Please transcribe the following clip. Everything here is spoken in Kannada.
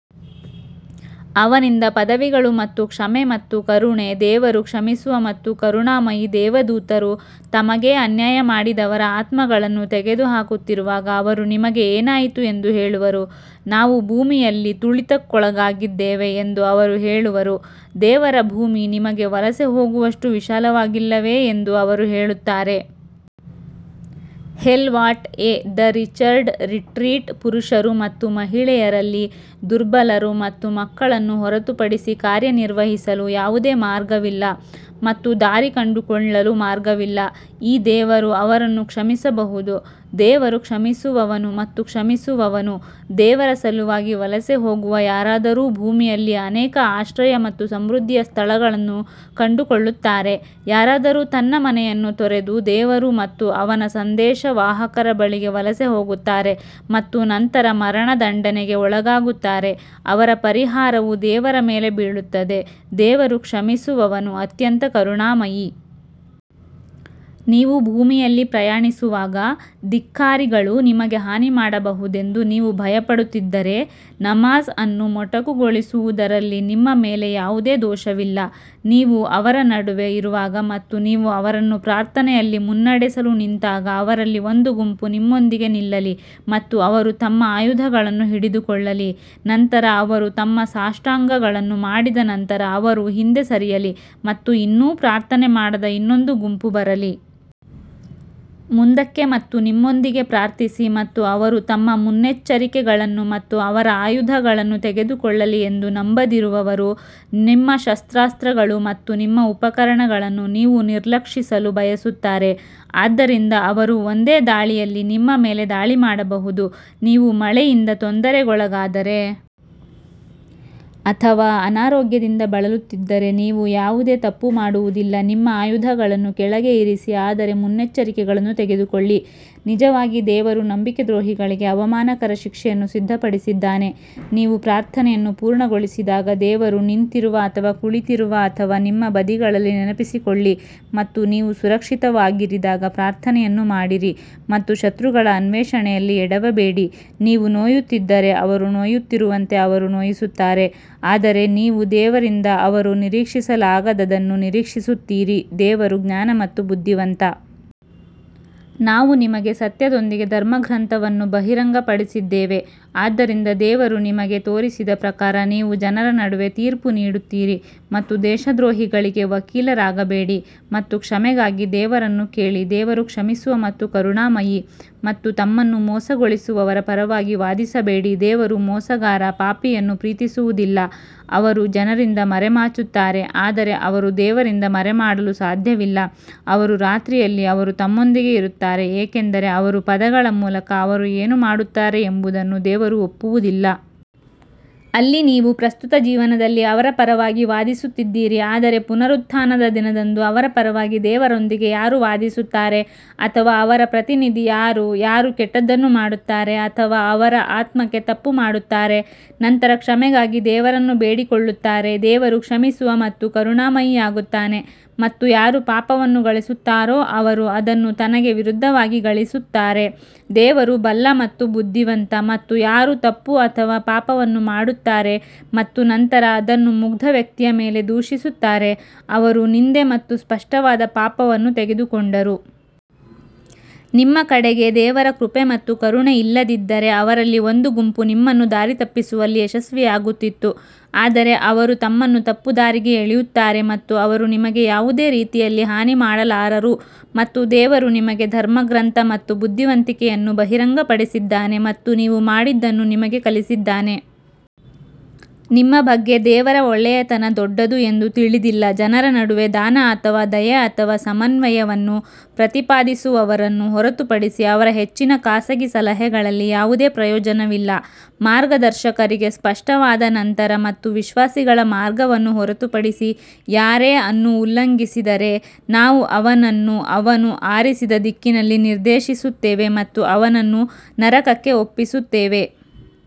ಅವನಿಂದ ಪದವಿಗಳು ಮತ್ತು ಕ್ಷಮೆ ಮತ್ತು ಕರುಣೆ ದೇವರು ಕ್ಷಮಿಸುವ ಮತ್ತು ಕರುಣಾಮಯಿ ದೇವದೂತರು ತಮಗೇ ಅನ್ಯಾಯ ಮಾಡಿದವರ ಆತ್ಮಗಳನ್ನು ತೆಗೆದುಹಾಕುತ್ತಿರುವಾಗ ಅವರು ನಿಮಗೆ ಏನಾಯಿತು ಎಂದು ಹೇಳುವರು, ನಾವು ಭೂಮಿಯಲ್ಲಿ ತುಳಿತಕ್ಕೊಳಗಾಗಿದ್ದೇವೆ ಎಂದು ಅವರು ಹೇಳುವರು, ದೇವರ ಭೂಮಿ ನಿಮಗೆ ವಲಸೆ ಹೋಗುವಷ್ಟು ವಿಶಾಲವಾಗಿಲ್ಲವೇ ಎಂದು ಅವರು ಹೇಳುತ್ತಾರೆ. Hell what a wretched retreat ಪುರುಷರು ಮತ್ತು ಮಹಿಳೆಯರಲ್ಲಿ ದುರ್ಬಲರು ಮತ್ತು ಮಕ್ಕಳನ್ನು ಹೊರತುಪಡಿಸಿ ಕಾರ್ಯನಿರ್ವಹಿಸಲು ಯಾವುದೇ ಮಾರ್ಗವಿಲ್ಲ ಮತ್ತು ದಾರಿ ಕಂಡುಕೊಳ್ಳಲು ಮಾರ್ಗವಿಲ್ಲ ಈ ದೇವರು ಅವರನ್ನು ಕ್ಷಮಿಸಬಹುದು, ದೇವರು ಕ್ಷಮಿಸುವವನು ಮತ್ತು ಕ್ಷಮಿಸುವವನು ದೇವರ ಸಲುವಾಗಿ ವಲಸೆ ಹೋಗುವ ಯಾರಾದರೂ ಭೂಮಿಯಲ್ಲಿ ಅನೇಕ ಆಶ್ರಯ ಮತ್ತು ಸಮೃದ್ಧಿಯ ಸ್ಥಳಗಳನ್ನು ಕಂಡುಕೊಳ್ಳುತ್ತಾರೆ, ಯಾರಾದರೂ ತನ್ನ ಮನೆಯನ್ನು ತೊರೆದು ದೇವರು ಮತ್ತು ಅವನ ಸಂದೇಶವಾಹಕರ ಬಳಿಗೆ ವಲಸೆ ಹೋಗುತ್ತಾರೆ ಮತ್ತು ನಂತರ ಮರಣದಂಡನೆಗೆ ಒಳಗಾಗುತ್ತಾರೆ ಅವರ ಪರಿಹಾರವು ದೇವರ ಮೇಲೆ ಬೀಳುತ್ತದೆ ದೇವರು ಕ್ಷಮಿಸುವವನು ಅತ್ಯಂತ ಕರುಣಾಮಯಿ. ನೀವು ಭೂಮಿಯಲ್ಲಿ ಪ್ರಯಾಣಿಸುವಾಗ, ಧಿಕ್ಕಾರಿಗಳು ನಿಮಗೆ ಹಾನಿ ಮಾಡಬಹುದೆಂದು ನೀವು ಭಯಪಡುತ್ತಿದ್ದರೆ, ನಮಾಝ್ ಅನ್ನು ಮೊಟಕುಗೊಳಿಸುವುದರಲ್ಲಿ ನಿಮ್ಮ ಮೇಲೆ ಯಾವುದೇ ದೋಷವಿಲ್ಲ. ನೀವು ಅವರ ನಡುವೆ ಇರುವಾಗ ಮತ್ತು ನೀವು ಅವರನ್ನು ಪ್ರಾರ್ಥನೆಯಲ್ಲಿ ಮುನ್ನಡೆಸಲು ನಿಂತಾಗ ಅವರಲ್ಲಿ ಒಂದು ಗುಂಪು ನಿಮ್ಮೊಂದಿಗೆ ನಿಲ್ಲಲಿ ಮತ್ತು ಅವರು ತಮ್ಮ ಆಯುಧಗಳನ್ನು ಹಿಡಿದುಕೊಳ್ಳಲಿ, ನಂತರ ಅವರು ತಮ್ಮ ಸಾಷ್ಟಾಂಗಗಳನ್ನು ಮಾಡಿದ ನಂತರ ಅವರು ಹಿಂದೆ ಸರಿಯಲಿ ಮತ್ತು ಇನ್ನೂ ಪ್ರಾರ್ಥನೆ ಮಾಡದ ಇನ್ನೊಂದು ಗುಂಪು ಬರಲಿ. ಮುಂದಕ್ಕೆ ಮತ್ತು ನಿಮ್ಮೊಂದಿಗೆ ಪ್ರಾರ್ಥಿಸಿ ಮತ್ತು ಅವರು ತಮ್ಮ ಮುನ್ನೆಚ್ಚರಿಕೆಗಳನ್ನು ಮತ್ತು ಅವರ ಆಯುಧಗಳನ್ನು ತೆಗೆದುಕೊಳ್ಳಲಿ ಎಂದು ನಂಬದಿರುವವರು ನಿಮ್ಮ ಶಸ್ತ್ರಾಸ್ತ್ರಗಳು ಮತ್ತು ನಿಮ್ಮ ಉಪಕರಣಗಳನ್ನು ನೀವು ನಿರ್ಲಕ್ಷಿಸಲು ಬಯಸುತ್ತಾರೆ, ಆದ್ದರಿಂದ ಅವರು ಒಂದೇ ದಾಳಿಯಲ್ಲಿ ನಿಮ್ಮ ಮೇಲೆ ದಾಳಿ ಮಾಡಬಹುದು, ನೀವು ಮಳೆಯಿಂದ ತೊಂದರೆಗೊಳಗಾದರೆ ಅಥವಾ ಅನಾರೋಗ್ಯದಿಂದ ಬಳಲುತ್ತಿದ್ದರೆ ನೀವು ಯಾವುದೇ ತಪ್ಪು ಮಾಡುವುದಿಲ್ಲ ನಿಮ್ಮ ಆಯುಧಗಳನ್ನು ಕೆಳಗೆ ಇರಿಸಿ ಆದರೆ ಮುನ್ನೆಚ್ಚರಿಕೆಗಳನ್ನು ತೆಗೆದುಕೊಳ್ಳಿ ನಿಜವಾಗಿ ದೇವರು ನಂಬಿಕೆ ದ್ರೋಹಿಗಳಿಗೆ ಅವಮಾನಕರ ಶಿಕ್ಷೆಯನ್ನು ಸಿದ್ಧಪಡಿಸಿದ್ದಾನೆ ನೀವು ಪ್ರಾರ್ಥನೆಯನ್ನು ಪೂರ್ಣಗೊಳಿಸಿದಾಗ ದೇವರು ನಿಂತಿರುವ ಅಥವಾ ಕುಳಿತಿರುವ ಅಥವಾ ನಿಮ್ಮ ಬದಿಗಳಲ್ಲಿ ನೆನಪಿಸಿಕೊಳ್ಳಿ ಮತ್ತು ನೀವು ಸುರಕ್ಷಿತವಾಗಿರಿದಾಗ ಪ್ರಾರ್ಥನೆಯನ್ನು ಮಾಡಿರಿ ಮತ್ತು ಶತ್ರುಗಳ ಅನ್ವೇಷಣೆಯಲ್ಲಿ ಎಡವಬೇಡಿ ನೀವು ನೋಯುತ್ತಿದ್ದರೆ ಅವರು ನೋಯುತ್ತಿರುವಂತೆ ಅವರು ನೋಯಿಸುತ್ತಾರೆ ಆದರೆ ನೀವು ದೇವರಿಂದ ಅವರು ನಿರೀಕ್ಷಿಸಲಾಗದದನ್ನು ನಿರೀಕ್ಷಿಸುತ್ತೀರಿ ದೇವರು ಜ್ಞಾನ ಮತ್ತು ಬುದ್ಧಿವಂತ. ನಾವು ನಿಮಗೆ ಸತ್ಯದೊಂದಿಗೆ ಧರ್ಮಗ್ರಂಥವನ್ನು ಬಹಿರಂಗಪಡಿಸಿದ್ದೇವೆ, ಆದ್ದರಿಂದ ದೇವರು ನಿಮಗೆ ತೋರಿಸಿದ ಪ್ರಕಾರ ನೀವು ಜನರ ನಡುವೆ ತೀರ್ಪು ನೀಡುತ್ತೀರಿ ಮತ್ತು ದೇಶದ್ರೋಹಿಗಳಿಗೆ ವಕೀಲರಾಗಬೇಡಿ ಮತ್ತು ಕ್ಷಮೆಗಾಗಿ ದೇವರನ್ನು ಕೇಳಿ ದೇವರು ಕ್ಷಮಿಸುವ ಮತ್ತು ಕರುಣಾಮಯಿ ಮತ್ತು ತಮ್ಮನ್ನು ಮೋಸಗೊಳಿಸುವವರ ಪರವಾಗಿ ವಾದಿಸಬೇಡಿ ದೇವರು ಮೋಸಗಾರ ಪಾಪಿಯನ್ನು ಪ್ರೀತಿಸುವುದಿಲ್ಲ ಅವರು ಜನರಿಂದ ಮರೆಮಾಚುತ್ತಾರೆ ಆದರೆ ಅವರು ದೇವರಿಂದ ಮರೆಮಾಡಲು ಸಾಧ್ಯವಿಲ್ಲ, ಅವರು ರಾತ್ರಿಯಲ್ಲಿ ಅವರು ತಮ್ಮೊಂದಿಗೆ ಇರುತ್ತಾರೆ ಏಕೆಂದರೆ ಅವರು ಪದಗಳ ಮೂಲಕ ಅವರು ಏನು ಮಾಡುತ್ತಾರೆ ಎಂಬುದನ್ನು ದೇವರು ಒಪ್ಪುವುದಿಲ್ಲ. ಅಲ್ಲಿ ನೀವು ಪ್ರಸ್ತುತ ಜೀವನದಲ್ಲಿ ಅವರ ಪರವಾಗಿ ವಾದಿಸುತ್ತಿದ್ದೀರಿ ಆದರೆ ಪುನರುತ್ಥಾನದ ದಿನದಂದು ಅವರ ಪರವಾಗಿ ದೇವರೊಂದಿಗೆ ಯಾರು ವಾದಿಸುತ್ತಾರೆ ಅಥವಾ ಅವರ ಪ್ರತಿನಿಧಿ ಯಾರು ಯಾರು ಕೆಟ್ಟದ್ದನ್ನು ಮಾಡುತ್ತಾರೆ ಅಥವಾ ಅವರ ಆತ್ಮಕ್ಕೆ ತಪ್ಪು ಮಾಡುತ್ತಾರೆ, ನಂತರ ಕ್ಷಮೆಗಾಗಿ ದೇವರನ್ನು ಬೇಡಿಕೊಳ್ಳುತ್ತಾರೆ, ದೇವರು ಕ್ಷಮಿಸುವ ಮತ್ತು ಕರುಣಾಮಯಿಯಾಗುತ್ತಾನೆ ಮತ್ತು ಯಾರು ಪಾಪವನ್ನು ಗಳಿಸುತ್ತಾರೋ ಅವರು ಅದನ್ನು ತನಗೆ ವಿರುದ್ಧವಾಗಿ ಗಳಿಸುತ್ತಾರೆ, ದೇವರು ಬಲ್ಲ ಮತ್ತು ಬುದ್ಧಿವಂತ ಮತ್ತು ಯಾರು ತಪ್ಪು ಅಥವಾ ಪಾಪವನ್ನು ಮಾಡುತ್ತಾರೆ ಮತ್ತು ನಂತರ ಅದನ್ನು ಮುಗ್ಧ ವ್ಯಕ್ತಿಯ ಮೇಲೆ ದೂಷಿಸುತ್ತಾರೆ, ಅವರು ನಿಂದೆ ಮತ್ತು ಸ್ಪಷ್ಟವಾದ ಪಾಪವನ್ನು ತೆಗೆದುಕೊಂಡರು. ನಿಮ್ಮ ಕಡೆಗೆ ದೇವರ ಕೃಪೆ ಮತ್ತು ಕರುಣೆ ಇಲ್ಲದಿದ್ದರೆ ಅವರಲ್ಲಿ ಒಂದು ಗುಂಪು ನಿಮ್ಮನ್ನು ದಾರಿತಪ್ಪಿಸುವಲ್ಲಿ ಯಶಸ್ವಿಯಾಗುತ್ತಿತ್ತು ಆದರೆ ಅವರು ತಮ್ಮನ್ನು ತಪ್ಪುದಾರಿಗೆ ಎಳೆಯುತ್ತಾರೆ ಮತ್ತು ಅವರು ನಿಮಗೆ ಯಾವುದೇ ರೀತಿಯಲ್ಲಿ ಹಾನಿ ಮಾಡಲಾರರು ಮತ್ತು ದೇವರು ನಿಮಗೆ ಧರ್ಮಗ್ರಂಥ ಮತ್ತು ಬುದ್ಧಿವಂತಿಕೆಯನ್ನು ಬಹಿರಂಗಪಡಿಸಿದ್ದಾನೆ ಮತ್ತು ನೀವು ಮಾಡಿದ್ದನ್ನು ನಿಮಗೆ ಕಲಿಸಿದ್ದಾನೆ. ನಿಮ್ಮ ಬಗ್ಗೆ ದೇವರ ಒಳ್ಳೆಯತನ ದೊಡ್ಡದು ಎಂದು ತಿಳಿದಿಲ್ಲ ಜನರ ನಡುವೆ ದಾನ ಅಥವಾ ದಯೆ ಅಥವಾ ಸಮನ್ವಯವನ್ನು ಪ್ರತಿಪಾದಿಸುವವರನ್ನು ಹೊರತುಪಡಿಸಿ ಅವರ ಹೆಚ್ಚಿನ ಖಾಸಗಿ ಸಲಹೆಗಳಲ್ಲಿ ಯಾವುದೇ ಪ್ರಯೋಜನವಿಲ್ಲ ಮಾರ್ಗದರ್ಶಕರಿಗೆ ಸ್ಪಷ್ಟವಾದ ನಂತರ ಮತ್ತು ವಿಶ್ವಾಸಿಗಳ ಮಾರ್ಗವನ್ನು ಹೊರತುಪಡಿಸಿ ಯಾರೇ ಅನ್ನು ಉಲ್ಲಂಘಿಸಿದರೆ, ನಾವು ಅವನನ್ನು ಅವನು ಆರಿಸಿದ ದಿಕ್ಕಿನಲ್ಲಿ ನಿರ್ದೇಶಿಸುತ್ತೇವೆ ಮತ್ತು ಅವನನ್ನು ನರಕಕ್ಕೆ ಒಪ್ಪಿಸುತ್ತೇವೆ.